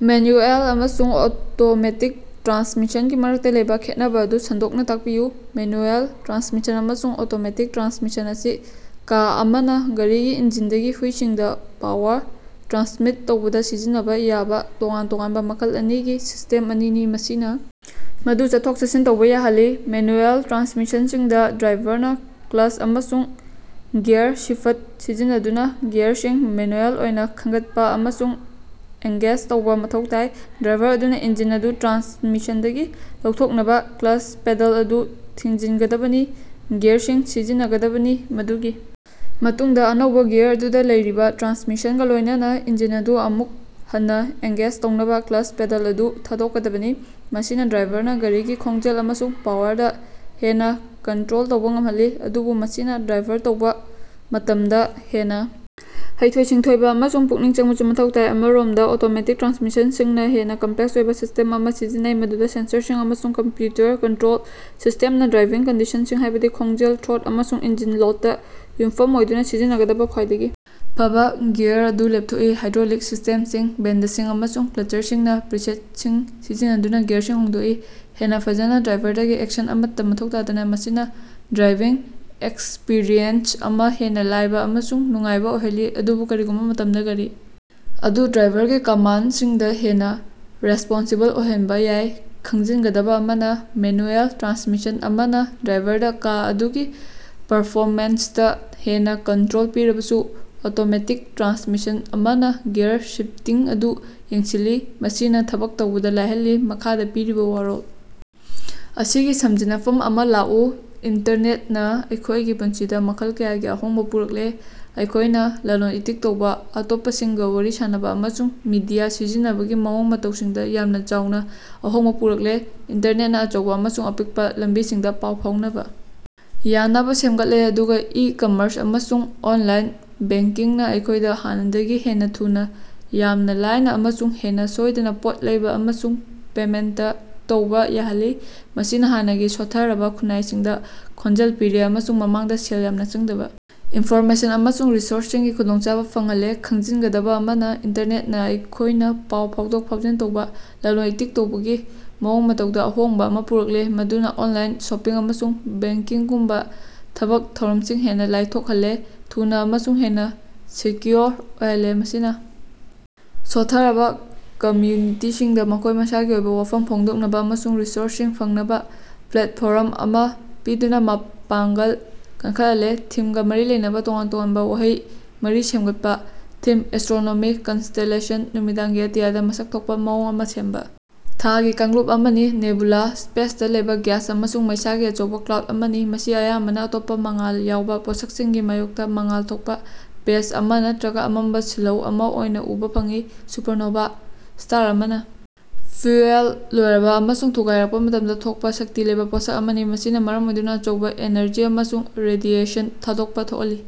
Manual ꯑꯃꯁꯨꯡ automatic ꯇ꯭ꯔꯥꯟꯁꯃꯤꯁꯟꯒꯤ ꯃꯔꯛꯇ ꯂꯩꯕ ꯈꯦꯠꯅꯕ ꯑꯗꯨ ꯁꯟꯗꯣꯛꯅ ꯇꯥꯛꯄꯤꯌꯨ꯫ ꯃꯦꯅꯨꯑꯦꯜ ꯇ꯭ꯔꯥꯟꯁꯃꯤꯁꯟ ꯑꯃꯁꯨꯡ ꯑꯣꯇꯣꯃꯦꯇꯤꯛ ꯇ꯭ꯔꯥꯟꯁꯃꯤꯁꯟ ꯑꯁꯤ ꯀꯥ ꯑꯃꯅꯥ ꯒꯥꯔꯤꯒꯤ ꯏꯟꯖꯤꯟꯗꯒꯤ ꯍꯨꯏꯁꯤꯡꯗ ꯄꯥꯋꯔ ꯇ꯭ꯔꯥꯟꯁꯃꯤꯠ ꯇꯧꯕꯗ ꯁꯤꯖꯤꯟꯅꯕ ꯌꯥꯕꯥ ꯇꯣꯉꯥꯟ ꯇꯣꯉꯥꯟꯕꯥ ꯃꯈꯜ ꯑꯅꯤꯒꯤ ꯁꯤꯁ꯭ꯇꯦꯝ ꯑꯅꯤꯅꯤ, ꯃꯁꯤꯅ ꯃꯗꯨ ꯆꯠꯊꯣꯛ-ꯆꯠꯁꯤꯟ ꯇꯧꯕꯥ ꯌꯥꯍꯜꯂꯤ꯫ ꯃꯦꯅꯨꯑꯦꯜ ꯇ꯭ꯔꯥꯟꯁꯃꯤꯁꯟꯁꯤꯡꯗ ꯗ꯭ꯔꯥꯏꯚꯔꯅ ꯀ꯭ꯂꯆ ꯑꯃꯁꯨꯡ ꯒꯤꯌꯥꯔꯁꯤꯐꯠ ꯁꯤꯖꯤꯟꯅꯗꯨꯅ ꯒꯤꯌꯥꯔꯁꯤꯡ ꯃꯦꯅꯨꯑꯦꯜ ꯑꯣꯏꯅ ꯈꯟꯒꯠꯄꯥ ꯑꯃꯁꯨꯡ ꯑꯦꯡꯒꯦꯖ ꯇꯧꯕ ꯃꯊꯧ ꯇꯥꯏ꯫ ꯗ꯭ꯔꯥꯏꯚꯔ ꯑꯗꯨꯅ ꯏꯟꯖꯤꯟ ꯑꯗꯨ ꯇ꯭ꯔꯥꯟꯁꯃꯤꯁꯟꯗꯒꯤ ꯂꯧꯊꯣꯛꯅꯕ ꯀ꯭ꯂꯆ ꯄꯦꯗꯜ ꯑꯗꯨ ꯊꯤꯡꯖꯤꯟꯒꯗꯕꯅꯤ, ꯒꯤꯌꯥꯔꯁꯤꯡ ꯁꯤꯖꯤꯟꯅꯒꯗꯕꯅꯤ, ꯃꯗꯨꯒꯤ ꯃꯇꯨꯡꯗ ꯑꯅꯧꯕ ꯒꯤꯌꯥꯔ ꯑꯗꯨꯗ ꯂꯩꯔꯤꯕꯥ ꯇ꯭ꯔꯥꯟꯁꯃꯤꯁꯟꯒ ꯂꯣꯏꯅꯅꯥ ꯏꯟꯖꯤꯟ ꯑꯗꯨ ꯑꯃꯨꯛ ꯍꯟꯅ ꯑꯦꯡꯒꯦꯖ ꯇꯧꯅꯕ ꯀ꯭ꯂꯆ ꯄꯦꯗꯜ ꯑꯗꯨ ꯊꯥꯗꯣꯛꯀꯗꯕꯅꯤ꯫ ꯃꯁꯤꯅ ꯗ꯭ꯔꯥꯏꯚꯔꯅ ꯒꯥꯔꯤꯒꯤ ꯈꯣꯡꯖꯦꯜ ꯑꯃꯁꯨꯡ ꯄꯥꯋꯔꯗ ꯍꯦꯟꯅ ꯀꯟꯇꯔꯣꯜ ꯇꯧꯕ ꯉꯝꯍꯜꯂꯤ, ꯑꯗꯨꯕꯨ ꯃꯁꯤꯅ ꯗ꯭ꯔꯥꯏꯚꯔ ꯇꯧꯕ ꯃꯇꯝꯗꯥ ꯍꯦꯟꯅ ꯍꯩꯊꯣꯏ-ꯁꯤꯡꯊꯣꯏꯕ ꯑꯃꯁꯨꯡ ꯄꯨꯛꯅꯤꯡ ꯆꯪꯕꯁꯨ ꯃꯊꯧ ꯇꯥꯏ꯫ ꯑꯃꯔꯣꯝꯗꯥ, ꯑꯣꯇꯣꯃꯦꯇꯤꯛ ꯇ꯭ꯔꯥꯟꯁꯃꯤꯁꯟꯁꯤꯡꯅꯥ ꯍꯦꯟꯅ ꯀꯝꯄꯂꯦꯛꯁ ꯑꯣꯏꯕ ꯁꯤꯁ꯭ꯇꯦꯝ ꯑꯃꯥ ꯁꯤꯖꯤꯟꯅꯩ ꯃꯗꯨꯗ ꯁꯦꯟꯁꯔꯁꯤꯡ ꯑꯃꯁꯨꯡ ꯀꯝꯄꯌꯨꯇꯔ ꯀꯟꯇꯔꯣꯜ ꯁꯤꯁ꯭ꯇꯦꯝꯅꯥ ꯗ꯭ꯔꯥꯏꯚꯤꯡ ꯀꯟꯗꯤꯁꯟꯁꯤꯡ, ꯍꯥꯏꯕꯗꯤ ꯈꯣꯡꯖꯦꯜ, ꯊ꯭ꯔꯣꯠ ꯑꯃꯁꯨꯡ ꯏꯟꯖꯤꯟ ꯂꯣꯗꯇꯥ ꯌꯨꯝꯐꯝ ꯑꯣꯏꯗꯨꯅ ꯁꯤꯖꯤꯟꯅꯒꯗꯕ ꯈ꯭ꯋꯥꯏꯗꯒꯤ ꯐꯕꯥ ꯒꯤꯌꯥꯔ ꯑꯗꯨ ꯂꯦꯞꯊꯣꯛꯏ꯫ ꯍꯥꯏꯗ꯭ꯔꯣꯂꯤꯛ ꯁꯤꯁ꯭ꯇꯦꯝꯁꯤꯡ, ꯕꯦꯟꯗꯁꯤꯡ ꯑꯃꯁꯨꯡ ꯀ꯭ꯂꯆꯔꯁꯤꯡꯅ ꯄ꯭ꯔꯤꯁꯦꯠꯁꯤꯡ ꯁꯤꯖꯤꯟꯅꯗꯨꯅ ꯒꯤꯌꯔꯁꯤꯡ ꯍꯣꯡꯗꯣꯛꯏ, ꯍꯦꯟꯅ ꯐꯖꯅ, ꯗ꯭ꯔꯥꯏꯚꯔꯗꯒꯤ ꯑꯦꯛꯁꯟ ꯑꯃꯠꯇ ꯃꯊꯧ ꯇꯥꯗꯅ꯫ ꯃꯁꯤꯅꯥ ꯗ꯭ꯔꯥꯏꯚꯤꯡ ꯑꯦꯛꯁꯄꯤꯔꯤꯑꯦꯟꯁ ꯑꯃꯥ ꯍꯦꯟꯅ ꯂꯥꯏꯕ ꯑꯃꯁꯨꯡ ꯅꯨꯡꯉꯥꯏꯕ ꯑꯣꯏꯍꯜꯂꯤ, ꯑꯗꯨꯕꯨ ꯀꯔꯤꯒꯨꯝꯕ ꯃꯇꯝꯗꯥ ꯒꯥꯔꯤ ꯑꯗꯨ ꯗ꯭ꯔꯥꯏꯚꯔꯒꯤ ꯀꯃꯥꯟꯗꯁꯤꯡꯗ ꯍꯦꯟꯅ ꯔꯦꯁ꯭ꯄꯣꯟꯁꯤꯕꯜ ꯑꯣꯏꯍꯟꯕ ꯌꯥꯏ꯫ ꯈꯪꯖꯤꯟꯒꯗꯕꯥ ꯑꯃꯅꯥ, ꯃꯦꯅꯨꯑꯦꯜ ꯇ꯭ꯔꯥꯟꯁꯃꯤꯁꯟ ꯑꯃꯅꯥ ꯗ꯭ꯔꯥꯏꯚꯔꯗꯥ ꯀꯥ ꯑꯗꯨꯒꯤ ꯄꯔꯐꯣꯃꯦꯟꯁꯇꯥ ꯍꯦꯟꯅꯥ ꯀꯟꯇꯔꯣꯜ ꯄꯤꯔꯕꯁꯨ, ꯑꯣꯇꯣꯃꯦꯇꯤꯛ ꯇ꯭ꯔꯥꯟꯁꯃꯤꯁꯟ ꯑꯃꯅꯥ ꯒꯤꯌꯔ ꯁꯤꯐꯇꯤꯡ ꯑꯗꯨ ꯌꯦꯡꯁꯤꯜꯂꯤ, ꯃꯁꯤꯅꯥ ꯊꯕꯛ ꯇꯧꯕꯗ ꯂꯥꯏꯍꯜꯂꯤ꯫ ꯃꯈꯥꯗꯥ ꯄꯤꯔꯤꯕ ꯋꯥꯔꯣꯜ ꯑꯁꯤꯒꯤ ꯁꯃꯖꯤꯟꯅꯐꯝ ꯑꯃꯥ ꯂꯥꯛꯎ꯫ ꯏꯟꯇꯔꯅꯦꯇꯅ ꯑꯩꯈꯣꯏꯒꯤ ꯄꯨꯟꯁꯤꯗꯥ ꯃꯈꯜ ꯀꯌꯥꯒꯤ ꯑꯍꯣꯡꯕ ꯄꯨꯔꯛꯂꯦ, ꯑꯩꯈꯣꯏꯅ ꯂꯂꯣꯟ-ꯏꯇꯤꯛ ꯇꯧꯕ, ꯑꯇꯣꯞꯄꯁꯤꯡꯒ ꯋꯥꯔꯤ ꯁꯥꯅꯕ ꯑꯃꯁꯨꯡ ꯃꯤꯗꯤꯌꯥ ꯁꯤꯖꯤꯟꯅꯕꯒꯤ ꯃꯑꯣꯡ ꯃꯇꯧꯁꯤꯡꯗ ꯌꯥꯝꯅ ꯆꯥꯎꯅ ꯑꯍꯣꯡꯕ ꯄꯨꯔꯛꯂꯦ꯫ ꯏꯟꯇꯔꯅꯦꯠꯅ ꯑꯆꯧꯕ ꯑꯃꯁꯨꯡ ꯑꯄꯤꯛꯄꯥ ꯂꯝꯕꯤꯁꯤꯡꯗ ꯄꯥꯎ ꯐꯥꯎꯅꯕ ꯌꯥꯅꯕ ꯁꯦꯝꯒꯠꯂꯦ, ꯑꯗꯨꯒ ꯏ-ꯀꯝꯃꯔꯁ ꯑꯃꯁꯨꯡ ꯑꯣꯟꯂꯥꯏꯟ ꯕꯦꯡꯀꯤꯡꯅꯥ ꯑꯩꯈꯣꯏꯗꯥ ꯍꯥꯟꯅꯗꯒꯤ ꯍꯦꯟꯅ ꯊꯨꯅꯥ, ꯌꯥꯝꯅ ꯂꯥꯏꯅ ꯑꯃꯁꯨꯡ ꯍꯦꯟꯅ ꯁꯣꯏꯗꯅ ꯄꯣꯠ ꯂꯩꯕꯥ ꯑꯃꯁꯨꯡ ꯄꯦꯃꯦꯟꯇ ꯇꯧꯕꯥ ꯌꯥꯍꯜꯂꯤ꯫ ꯃꯁꯤꯅ ꯍꯥꯟꯅꯒꯤ ꯁꯣꯠꯊꯔꯕ ꯈꯨꯟꯅꯥꯏꯁꯤꯡꯗ ꯈꯣꯟꯖꯦꯜ ꯄꯤꯔꯦ ꯑꯃꯁꯨꯡ ꯃꯃꯥꯡꯗ ꯁꯦꯜ ꯌꯥꯝꯅ ꯆꯪꯗꯕ ꯏꯟꯐꯣꯔꯃꯦꯁꯟ ꯑꯃꯁꯨꯡ ꯔꯤꯁꯣꯔꯁꯁꯤꯡꯒꯤ ꯈꯨꯗꯣꯡꯆꯥꯕ ꯐꯪꯍꯜꯂꯦ꯫ ꯈꯪꯖꯤꯟꯒꯗꯕ ꯑꯃꯅ, ꯏꯟꯇꯔꯅꯦꯠꯅꯥ ꯑꯩꯈꯣꯏꯅ ꯄꯥꯎ ꯐꯥꯎꯗꯣꯛ-ꯐꯥꯎꯖꯤꯟ ꯇꯧꯕ, ꯂꯂꯣꯟ-ꯏꯇꯤꯛ ꯇꯧꯕꯒꯤ ꯃꯑꯣꯡ-ꯃꯇꯧꯗ ꯑꯍꯣꯡꯕ ꯑꯃꯥ ꯄꯨꯔꯛꯂꯦ, ꯃꯗꯨꯅ ꯑꯣꯟꯂꯥꯏꯟ ꯁꯣꯄꯤꯡ ꯑꯃꯁꯨꯡ ꯕꯦꯡꯀꯤꯡꯒꯨꯝꯕ ꯊꯕꯛ ꯊꯧꯔꯝꯁꯤꯡ ꯍꯦꯟꯅ ꯂꯥꯏꯊꯣꯛꯍꯜꯂꯦ, ꯊꯨꯅꯥ ꯑꯃꯁꯨꯡ ꯍꯦꯟꯅ ꯁꯦꯀꯌꯨꯑꯣꯔ ꯑꯣꯏꯍꯜꯂꯦ꯫ ꯃꯁꯤꯅ ꯁꯣꯠꯊꯔꯕꯥ ꯀꯃꯌꯨꯅꯤꯇꯤꯁꯤꯡꯗ ꯃꯈꯣꯏ ꯃꯁꯥꯒꯤ ꯑꯣꯏꯕ ꯋꯥꯐꯝ ꯐꯣꯡꯗꯣꯛꯅꯕ ꯑꯃꯁꯨꯡ ꯔꯤꯁꯣꯔꯁꯁꯤꯡ ꯐꯪꯅꯕ ꯄ꯭ꯂꯦꯠꯐꯣꯔꯝ ꯑꯃꯥ ꯄꯤꯗꯨꯅ ꯃꯄꯥꯉꯡꯒꯜ ꯀꯟꯈꯠꯍꯜꯂꯦ꯫ ꯊꯤꯝꯒ ꯃꯔꯤ ꯂꯩꯅꯕ ꯇꯣꯉꯥꯟ ꯇꯣꯉꯥꯟꯕꯥ ꯋꯥꯍꯩ ꯃꯔꯤ ꯁꯦꯝꯒꯠꯄꯥ꯫ ꯊꯤꯝ: ꯑꯦꯁ꯭ꯇꯔꯣꯅꯣꯃꯤ ꯀꯟꯁꯇꯦꯂꯦꯁꯟ: ꯅꯨꯃꯤꯗꯥꯡꯒꯤ ꯑꯇꯤꯌꯥꯗꯥ ꯃꯁꯛ ꯊꯣꯛꯄꯥ ꯃꯑꯣꯡ ꯑꯃꯥ ꯁꯦꯝꯕꯥ ꯊꯥꯒꯤ ꯀꯥꯡꯂꯨꯞ ꯑꯃꯅꯤ꯫ ꯅꯦꯕꯨꯂꯥ: ꯁ꯭ꯄꯦꯁꯇꯥ ꯂꯩꯕꯥ ꯒ꯭ꯌꯥꯁ ꯑꯃꯁꯨꯡ ꯃꯩꯁꯥꯒꯤ ꯑꯆꯧꯕ ꯀ꯭ꯂꯥꯎꯗ ꯑꯃꯅꯤ, ꯃꯁꯤ ꯑꯌꯥꯝꯕꯅ ꯑꯇꯣꯞꯄ ꯃꯉꯥꯜ ꯌꯥꯎꯕ ꯄꯣꯠꯁꯛꯁꯤꯡꯒꯤ ꯃꯥꯌꯣꯛꯇ ꯃꯉꯥꯜ ꯊꯣꯛꯄ ꯄꯦꯆ ꯑꯃꯥ ꯅꯠꯇꯔꯒ ꯑꯃꯝꯕ ꯁꯤꯜꯍꯧ ꯑꯃ ꯑꯣꯏꯅ ꯎꯕꯥ ꯐꯪꯏ꯫ ꯁꯨꯄꯔꯅꯣꯚꯥ: ꯁ꯭ꯇꯥꯔ ꯑꯃꯅ ꯐ꯭ꯌꯨꯑꯦꯜ ꯂꯣꯏꯔꯕ ꯑꯃꯁꯨꯡ ꯊꯨꯒꯥꯏꯔꯛꯄꯥ ꯃꯇꯝꯗ ꯊꯣꯛꯄꯥ ꯁꯛꯇꯤ ꯂꯩꯕꯥ ꯄꯣꯠꯁꯛ ꯑꯃꯅꯤ, ꯃꯁꯤꯅ ꯃꯔꯝ ꯑꯣꯏꯗꯨꯅ ꯑꯆꯧꯕ ꯑꯦꯅꯔꯖꯤ ꯑꯃꯁꯨꯡ ꯔꯦꯗꯤꯑꯦꯁꯟ ꯊꯥꯗꯣꯛꯄꯥ ꯊꯣꯛꯍꯜꯂꯤ꯫